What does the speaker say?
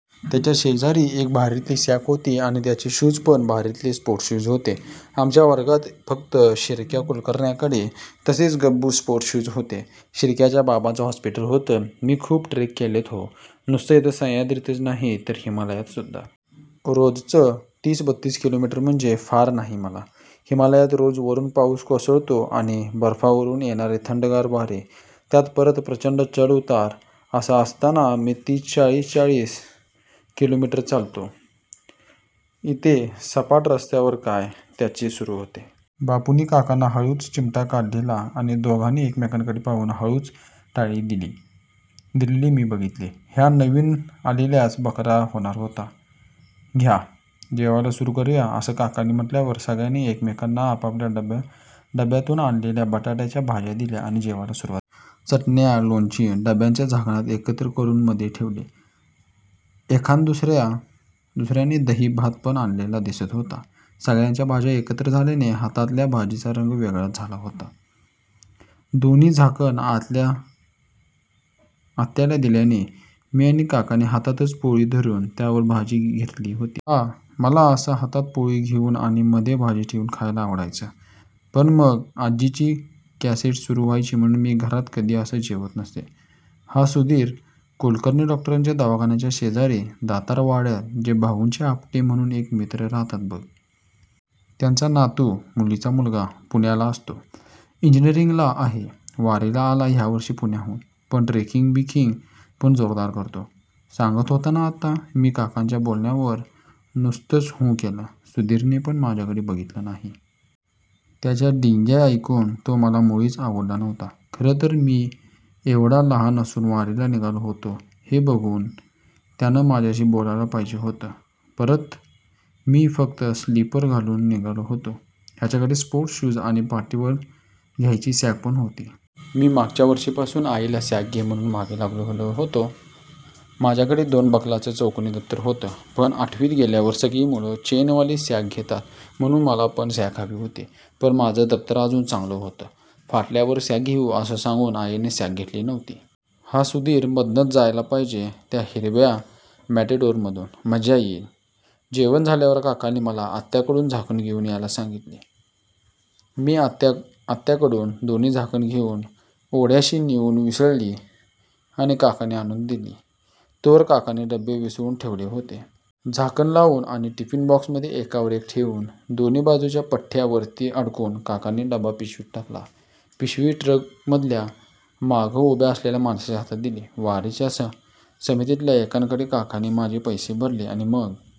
त्याच्याशेजारी एक भारीतली सॅक होती आणि त्याचे शूजपण भारीतले स्पोर्ट शूज होते. आमच्या वर्गात फक्त शिर्क्या कुलकर्ण्याकडे तसले गब्बू स्पोर्ट शूज होते. शिर्क्याच्या बाबांचं हॉस्पिटल होतं. मी खूप ट्रेक केलेत हो. नुसतं इथं सह्याद्रीतच नाही तर हिमालयात सुद्धा. रोजचं तीस-बत्तीस किलोमीटर म्हणजे फार नाही मला. हिमालयात रोज वरुन पाउस कोसळतो आणि बर्फावरुन येणारे थंडगार वारे. त्यात परत प्रचंड चढ-उतार. असं असताना आम्ही तीस-तीस चाळीस-चाळीस किलोमीटर चालतो. इथे सपाट रस्त्यावर काय. त्याचे सुरु होते. बापूंनी काकांना हळूच चिमटा काढलेला आणि दोघांनी एकमेकांकडे पाहून हळूच टाळी दिलेली मी बघितली. ह्या नवीन आलेल्याचा बकरा होणार होता. घ्या. जेवायला सुरु करुया असं काकांनी म्हटल्यावर सगळ्यांनी एकमेकांना आपापल्या डब्यातून आणलेल्या बटाट्याच्या भाज्या दिल्या आणि जेवायला सुरुवात केली. चटण्या-लोणची डब्यांच्या झाकणात एकत्र करुन मध्ये ठेवली. एखाद-दुसर्यांनी दही भात पण आणलेला दिसत होता. सगळ्यांच्या भाज्या एकत्र झाल्याने हातातल्या भाजीचा रंग वेगळाच झाला होता. दोन्ही झाकणं आत्याला दिल्याने मी आणि काकांनी हातातच पोळी धरुन त्यावर भाजी घेतली होती. मला असं हातात पोळी घेउन आणि मध्ये भाजी ठेवून खायला आवडायचं. पण मग आज्जीची कॅसेट सुरु व्हायची म्हणुन मी घरात कधी असं जेवत नसे. हा सुधीर. कुलकर्णी डॉक्टरांच्या दवाखान्याच्या शेजारी दातार वाड्यात ते भाउंचे आपटे म्हणुन एक मित्र राहतात बघ. त्यांचा नातू हा. मुलीचा मुलगा. पुण्याला असतो. इंजिनीअरींगला आहे. वारीला आलाय ह्यावर्षी पुण्याहून. पण ट्रेकिंग-बिकींग पण जोरदार करतो. सांगत होता ना आत्ता. मी काकांच्या बोलण्यावर नुसतंच हुं केलं. सुधीरनं पण माझ्याकडं बघितलं नाही. त्याच्या डिंग्या ऐकून तो मला मुळीच आवडला नव्हता. खरंतर मी एव्हडा लहान असून वारीला निघालो होतो हे बघून त्यानं माझ्याशी बोलायला पाहिजे होतं. परत मी फक्त स्लीपर घालून निघालो होतो. ह्याच्याकडं स्पोर्ट शूज आणि पाठीवर घ्यायची सॅक पण होती. मी मागच्या वर्षीपासून आईला सॅक घे म्हणुन मागे लागलो होतो. माझ्याकडे दोन बकलांचं चौकोनी दप्तर होतं. पण आठवीत गेल्यावर सगळी मुलं चेनवाली सॅक घेतात म्हणुन मला पण सॅक हवी होती. पण माझं दप्तर अजून चांगलं होतं, फाटल्यावर सॅक घेउ असं सांगून आईने सॅक घेतली नव्हती. हा सुधीर मधनंच जायला पाहिजे त्या हिरव्या मेटॅडोर मधून. मज्जा येईल. जेवण झाल्यावर काकांनी मला आत्याकडून झाकणं घेउन यायला सांगितली. मी आत्याकडून दोन्ही झाकणं घेउन ओढ्याशी नेउन विसळली आणि काकांना आणून दिली. तोवर काकांनी डबे विसळून ठेवले होते. झाकण लावून आणि टिफीन बॉक्समध्ये एकावर एक ठेवून, दोन्ही बाजूच्या पट्ट्या वरती अडकवून काकांनी डबा पिशवीत टाकला. पिशवी ट्रकमधल्या मागं उभ्या असलेल्या माणसाच्या हातात दिली. वारीच्या समितीतल्या एकांकडे काकांनी माझे पैसे भरले आणि मग